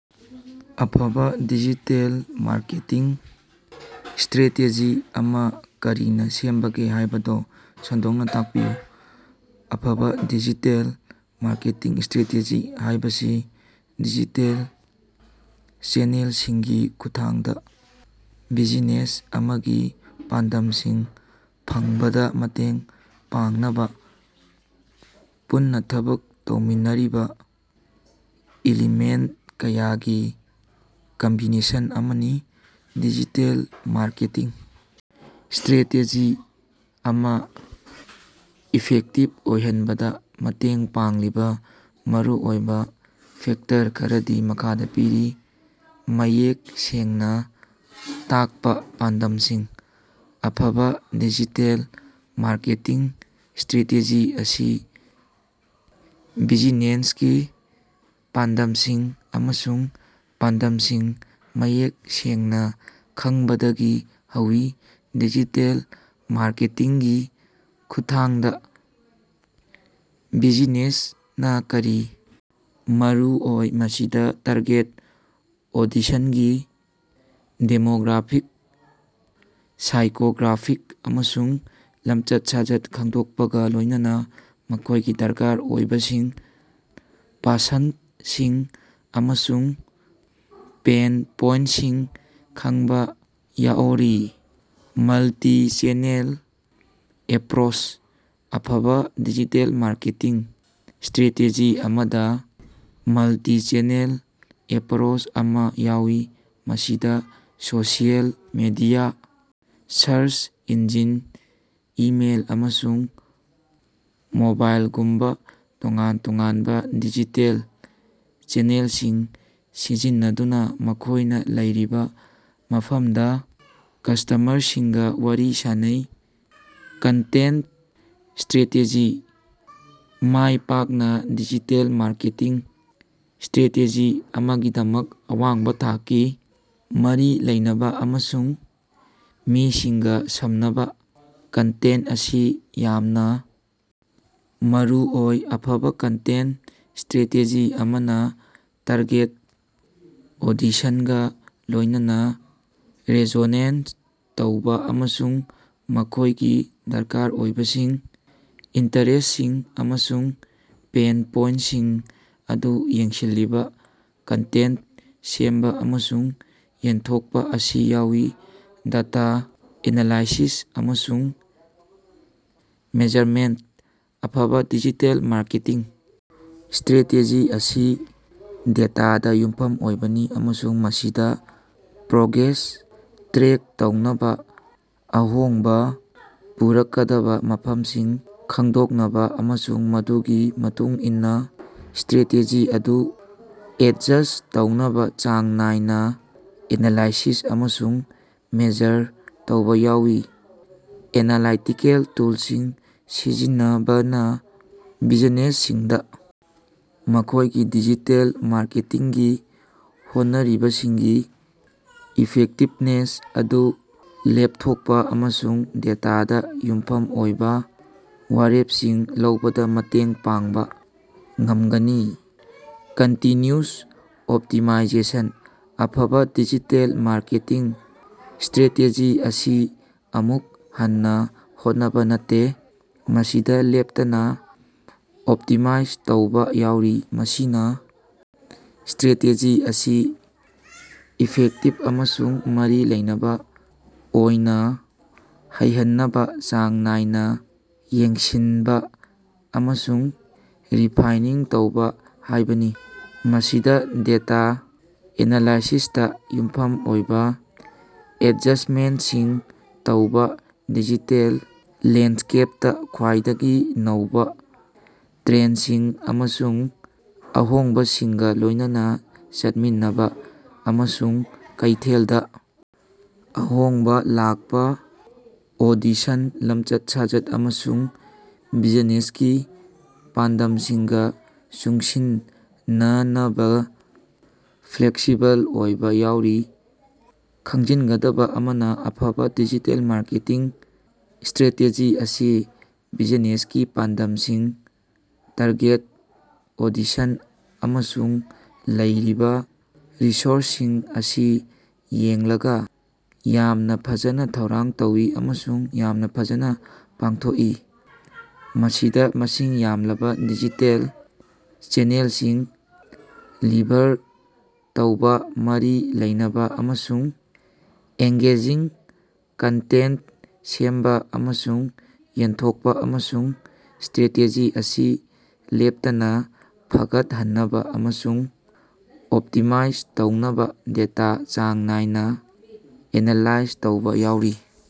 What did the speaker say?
ꯑꯐꯕꯥ digital marketing strategy ꯑꯃꯥ ꯀꯔꯤꯅꯥ ꯁꯦꯝꯕꯒꯦ ꯍꯥꯏꯕꯗꯨ ꯁꯟꯗꯣꯛꯅꯥ ꯇꯥꯛꯄꯤꯌꯨ꯫ ꯑꯐꯕꯥ ꯗꯤꯖꯤꯇꯦꯜ ꯃꯥꯔꯀꯦꯇꯤꯡ ꯁ꯭ꯇꯔꯦꯇꯦꯖꯤ ꯍꯥꯏꯕꯁꯤ ꯗꯤꯖꯤꯇꯦꯜ ꯆꯦꯅꯦꯜꯁꯤꯡꯒꯤ ꯈꯨꯠꯊꯥꯡꯗꯥ ꯕꯤꯖꯤꯅꯦꯁ ꯑꯃꯒꯤ ꯄꯥꯟꯗꯝꯁꯤꯡ ꯐꯪꯕꯗꯥ ꯃꯇꯦꯡ ꯄꯥꯡꯅꯕꯥ ꯄꯨꯟꯅꯥ ꯊꯕꯛ ꯇꯧꯃꯤꯟꯅꯔꯤꯕꯥ ꯏꯂꯤꯃꯦꯟꯇ ꯀꯌꯥꯒꯤ ꯀꯝꯕꯤꯅꯦꯁꯟ ꯑꯃꯅꯤ꯫ ꯗꯤꯖꯤꯇꯦꯜ ꯃꯥꯔꯀꯦꯇꯤꯡ ꯁ꯭ꯇꯔꯦꯇꯦꯖꯤ ꯑꯃꯥ ꯏꯐꯦꯛꯇꯤꯕ ꯑꯣꯏꯍꯟꯕꯗꯥ ꯃꯇꯦꯡ ꯄꯥꯡꯂꯤꯕꯥ ꯃꯔꯨꯑꯣꯏꯕꯥ ꯐꯦꯛꯇꯔ ꯈꯔꯗꯤ ꯃꯈꯥꯗꯥ ꯄꯤꯔꯤ: ꯃꯌꯦꯛ ꯁꯦꯡꯅꯥ ꯇꯥꯛꯄꯥ ꯄꯥꯟꯗꯝꯁꯤꯡ: ꯑꯐꯕꯥ ꯗꯤꯖꯤꯇꯦꯜ ꯃꯥꯔꯀꯦꯇꯤꯡ ꯁ꯭ꯇꯔꯦꯇꯦꯖꯤ ꯑꯁꯤ ꯕꯤꯖꯤꯅꯦꯁꯀꯤ ꯄꯥꯟꯗꯝꯁꯤꯡ ꯑꯃꯁꯨꯡ ꯄꯥꯟꯗꯝꯁꯤꯡ ꯃꯌꯦꯛ ꯁꯦꯡꯅꯥ ꯈꯪꯕꯗꯒꯤ ꯍꯧꯏ꯫ ꯗꯤꯖꯤꯇꯦꯜ ꯃꯥꯔꯀꯦꯇꯤꯡꯒꯤ ꯈꯨꯠꯊꯥꯡꯗꯥ ꯕꯤꯖꯤꯅꯦꯁꯅꯥ ꯀꯔꯤ ꯃꯔꯨꯑꯣꯏ꯫ ꯃꯁꯤꯗꯥ ꯇꯥꯔꯒꯦꯠ ꯑꯣꯗꯤꯁꯅꯒꯤ ꯗꯦꯃꯣꯒ꯭ꯔꯥꯐꯤꯛ, ꯁꯥꯏꯀꯣꯒ꯭ꯔꯥꯐꯤꯛ, ꯑꯃꯁꯨꯡ ꯂꯃꯆꯠ-ꯁꯥꯖꯠ ꯈꯪꯗꯣꯛꯄꯒꯥ ꯂꯣꯏꯅꯅꯥ ꯃꯈꯣꯏꯒꯤ ꯗꯔꯀꯥꯔ ꯑꯣꯏꯕꯁꯤꯡ, ꯄꯁꯟꯗꯁꯤꯡ ꯑꯃꯁꯨꯡ ꯄꯦꯟ ꯄꯣꯏꯟꯇꯁꯤꯡ ꯈꯉꯕꯥ ꯌꯥꯑꯣꯔꯤ꯫ ꯃꯜꯇꯤꯆꯦꯅꯦꯜ ꯑꯦꯞꯔꯣꯆ: ꯑꯐꯕꯥ ꯗꯤꯖꯤꯇꯦꯜ ꯃꯥꯔꯀꯦꯇꯤꯡ ꯁ꯭ꯇꯔꯦꯇꯦꯖꯤ ꯑꯃꯗꯥ ꯃꯜꯇꯤꯆꯦꯅꯦꯜ ꯑꯦꯞꯔꯣꯆ ꯑꯃꯥ ꯌꯥꯎꯏ꯫ ꯃꯁꯤꯗꯥ social media, search engine, email, ꯑꯃꯁꯨꯡ ꯃꯣꯕꯥꯏꯂꯒꯨꯝꯕꯥ ꯇꯣꯉꯥꯟ ꯇꯣꯉꯥꯅꯕꯥ ꯗꯤꯖꯤꯇꯦꯜ ꯆꯦꯅꯦꯜꯁꯤꯡ ꯁꯤꯖꯤꯟꯅꯗꯨꯅꯥ ꯃꯈꯣꯏꯅꯥ ꯂꯩꯔꯤꯕꯥ ꯃꯐꯝꯗꯥ ꯀꯁ꯭ꯇꯃꯔꯁꯤꯡꯒꯥ ꯋꯥꯔꯤ ꯁꯥꯅꯩ꯫ ꯀꯟꯇꯦꯟꯇ ꯁ꯭ꯇꯔꯦꯇꯦꯖꯤ: ꯃꯥꯏꯄꯥꯛꯅꯥ ꯗꯤꯖꯤꯇꯦꯜ ꯃꯥꯔꯀꯦꯇꯤꯡ ꯁ꯭ꯇꯔꯥꯇꯦꯖꯤ ꯑꯃꯒꯤꯗꯃꯛ ꯑꯋꯥꯡꯕꯥ ꯊꯥꯛꯀꯤ, ꯃꯔꯤ ꯂꯩꯅꯕꯥ, ꯑꯃꯁꯨꯡ ꯃꯤꯁꯤꯡꯒꯥ ꯁꯝꯅꯕꯥ ꯀꯟꯇꯦꯟꯇ ꯑꯁꯤ ꯌꯥꯝꯅꯥ ꯃꯔꯨꯑꯣꯏ꯫ ꯑꯐꯕꯥ ꯀꯟꯇꯦꯟꯇ ꯁ꯭ꯇꯔꯦꯇꯦꯖꯤ ꯑꯃꯅꯥ ꯇꯥꯔꯒꯦꯠ ꯑꯣꯗꯤꯁꯟꯒꯥ ꯂꯣꯏꯅꯅꯥ ꯔꯤꯖꯣꯅꯦꯠ ꯇꯧꯕꯥ ꯑꯃꯁꯨꯡ ꯃꯈꯣꯏꯒꯤ ꯗꯔꯀꯥꯔ ꯑꯣꯏꯕꯁꯤꯡ ꯏꯟꯇꯔꯦꯁ꯭ꯇꯁꯤꯡ ꯑꯃꯁꯨꯡ ꯄꯦꯟ ꯄꯣꯏꯟꯇꯁꯤꯡ ꯑꯗꯨ ꯌꯦꯡꯁꯤꯜꯂꯤꯕꯥ ꯀꯟꯇꯦꯟꯇ ꯁꯦꯝꯕꯥ ꯑꯃꯁꯨꯡ ꯌꯦꯟꯊꯣꯛꯄꯥ ꯑꯁꯤ ꯌꯥꯎꯏ꯫ ꯗꯥꯇꯥ ꯑꯦꯅꯥꯂꯥꯏꯁꯤꯁ ꯑꯃꯁꯨꯡ ꯃꯦꯖꯔꯃꯦꯟꯇ: ꯑꯐꯕꯥ ꯗꯤꯖꯤꯇꯦꯜ ꯃꯥꯔꯀꯦꯇꯤꯡ ꯁ꯭ꯇꯔꯦꯇꯦꯖꯤ ꯑꯁꯤ ꯗꯦꯇꯥꯗꯥ ꯌꯨꯝꯐꯝ ꯑꯣꯏꯕꯅꯤ꯫ ꯑꯃꯁꯨꯡ ꯃꯁꯤꯗꯥ ꯄ꯭ꯔꯣꯒ꯭ꯔꯦꯁ ꯇ꯭ꯔꯦꯛ ꯇꯧꯅꯕꯥ, ꯑꯍꯣꯡꯕꯥ ꯄꯨꯔꯛꯀꯗꯕꯥ ꯃꯐꯝꯁꯤꯡ ꯈꯪꯗꯣꯛꯅꯕꯥ ꯑꯃꯁꯨꯡ ꯃꯗꯨꯒꯤ ꯃꯇꯨꯡ ꯏꯟꯅꯥ ꯁ꯭ꯇꯔꯦꯇꯦꯖꯤ ꯑꯗꯨ ꯑꯦꯗꯖꯁ꯭ꯠ ꯇꯧꯅꯕꯥ ꯆꯥꯡ ꯅꯥꯏꯅꯥ ꯑꯦꯅꯥꯂꯥꯏꯁꯤꯁ ꯑꯃꯁꯨꯡ ꯃꯦꯖꯔ ꯇꯧꯕꯥ ꯌꯥꯎꯏ꯫ ꯑꯦꯅꯥꯂꯥꯏꯇꯤꯀꯦꯜ ꯇꯨꯜꯁꯤꯡ ꯁꯤꯖꯤꯟꯅꯕꯅꯥ ꯕꯤꯖꯤꯅꯦꯁꯁꯤꯡꯗꯥ ꯃꯈꯣꯏꯒꯤ ꯗꯤꯖꯤꯇꯦꯜ ꯃꯥꯔꯀꯦꯇꯤꯡꯒꯤ ꯍꯣꯠꯅꯔꯤꯕꯁꯤꯡꯒꯤ ꯏꯐꯦꯛꯇꯤꯕꯅꯦꯁ ꯑꯗꯨ ꯂꯦꯄꯊꯣꯛꯄꯥ ꯑꯃꯁꯨꯡ ꯗꯦꯇꯥꯗꯥ ꯌꯨꯝꯐꯝ ꯑꯣꯏꯕꯥ ꯋꯥꯔꯦꯄꯁꯤꯡ ꯂꯧꯕꯗꯥ ꯃꯇꯦꯡ ꯄꯥꯡꯕꯥ ꯉꯝꯒꯅꯤ꯫ ꯀꯟꯇꯤꯟꯌꯨꯎꯁ ꯑꯣꯞꯇꯤꯃꯥꯏꯖꯦꯁꯟ: ꯑꯐꯕꯥ ꯗꯤꯖꯤꯇꯦꯜ ꯃꯥꯔꯀꯦꯇꯤꯡ ꯁ꯭ꯇꯔꯦꯇꯦꯖꯤ ꯑꯁꯤ ꯑꯃꯨꯛ ꯍꯟꯅꯥ ꯍꯣꯠꯅꯕꯥ ꯅꯠꯇꯦ꯫ ꯃꯁꯤꯗꯥ ꯂꯦꯞꯇꯅꯥ ꯑꯣꯞꯇꯤꯃꯥꯏꯖ ꯇꯧꯕꯥ ꯌꯥꯎꯔꯤ꯫ ꯃꯁꯤꯅꯥ ꯁ꯭ꯇꯔꯦꯇꯦꯖꯤ ꯑꯁꯤ ꯏꯐꯦꯛꯇꯤꯕ ꯑꯃꯁꯨꯡ ꯃꯔꯤ ꯂꯩꯅꯕꯥ ꯑꯣꯏꯅꯥ ꯂꯩꯍꯟꯅꯕꯥ ꯆꯥꯡ ꯅꯥꯏꯅꯥ ꯌꯦꯡꯁꯤꯅꯕꯥ ꯑꯃꯁꯨꯡ ꯔꯤꯐꯥꯏꯅꯤꯡ ꯇꯧꯕꯥ ꯍꯥꯏꯕꯅꯤ꯫ ꯃꯁꯤꯗꯥ ꯗꯦꯇꯥ ꯑꯦꯅꯥꯂꯥꯏꯁꯤꯁꯇꯥ ꯌꯨꯝꯐꯝ ꯑꯣꯏꯕꯥ ꯑꯦꯗꯖꯁ꯭ꯇꯃꯦꯟꯇꯁꯤꯡ ꯇꯧꯕꯥ ꯗꯤꯖꯤꯇꯦꯜ ꯂꯦꯟꯗꯁ꯭ꯀꯦꯄꯇꯥ ꯈ꯭ꯋꯥꯏꯗꯒꯤ ꯅꯧꯕꯥ ꯇ꯭ꯔꯦꯟꯗꯁꯤꯡ ꯑꯃꯁꯨꯡ ꯑꯍꯣꯡꯕꯁꯤꯡꯒꯥ ꯂꯣꯏꯅꯅꯥ ꯆꯠꯃꯤꯟꯅꯕꯥ, ꯑꯃꯁꯨꯡ ꯀꯩꯊꯦꯜꯗꯥ ꯑꯍꯣꯡꯕꯥ ꯂꯥꯛꯄꯥ ꯑꯣꯗꯤꯁꯟꯒꯤ ꯂꯝꯆꯠ-ꯁꯥꯖꯠ ꯑꯃꯁꯨꯡ ꯕꯤꯖꯤꯅꯦꯁꯀꯤ ꯄꯥꯟꯗꯝꯁꯤꯡꯒꯥ ꯆꯨꯁꯤꯟꯅꯅꯕꯥ ꯐ꯭ꯂꯦꯛꯁꯤꯕꯜ ꯑꯣꯏꯕꯥ ꯌꯥꯎꯔꯤ꯫ ꯈꯪꯖꯤꯟꯒꯗꯕꯥ ꯑꯃꯅꯥ ꯑꯐꯕꯥ ꯗꯤꯖꯤꯇꯦꯜ ꯃꯥꯔꯀꯦꯇꯤꯡ ꯁ꯭ꯇꯔꯦꯇꯦꯖꯤ ꯑꯁꯤ ꯕꯤꯖꯤꯅꯦꯁꯀꯤ ꯄꯥꯟꯗꯝꯁꯤꯡ, ꯇꯥꯔꯒꯦꯠ ꯑꯣꯗꯤꯁꯟ, ꯑꯃꯁꯨꯡ ꯂꯩꯔꯤꯕꯥ ꯔꯤꯁꯣꯔꯁꯁꯤꯡ ꯑꯁꯤ ꯌꯦꯡꯂꯒꯥ ꯌꯥꯝꯅꯥ ꯐꯖꯅꯥ ꯊꯧꯔꯥꯡ ꯇꯧꯏ ꯑꯃꯁꯨꯡ ꯌꯥꯝꯅꯥ ꯐꯖꯅꯥ ꯄꯥꯡꯊꯣꯛꯏ꯫ ꯃꯁꯤꯗꯥ ꯃꯁꯤꯡ ꯌꯥꯝꯂꯕꯥ ꯗꯤꯖꯤꯇꯦꯜ ꯆꯦꯅꯦꯜꯁꯤꯡ ꯂꯤꯚꯔ ꯇꯧꯕꯥ ꯃꯔꯤ ꯂꯩꯅꯕꯥ ꯑꯃꯁꯨꯡ ꯑꯦꯉ꯭ꯒꯦꯖꯤꯡ ꯀꯟꯇꯦꯟꯇ ꯁꯦꯝꯕꯥ ꯑꯃꯁꯨꯡ ꯌꯦꯟꯊꯣꯛꯄꯥ, ꯑꯃꯁꯨꯡ ꯁ꯭ꯇꯔꯦꯇꯦꯖꯤ ꯑꯁꯤ ꯂꯦꯞꯇꯅꯥ ꯐꯒꯠꯍꯟꯅꯕꯥ ꯑꯃꯁꯨꯡ ꯑꯣꯞꯇꯤꯃꯥꯏꯖ ꯇꯧꯅꯕꯥ ꯗꯦꯇꯥ ꯆꯥꯡ ꯅꯥꯏꯅꯥ ꯑꯦꯅꯥꯂꯥꯏꯖ ꯇꯧꯕꯥ ꯌꯥꯎꯔꯤ꯫।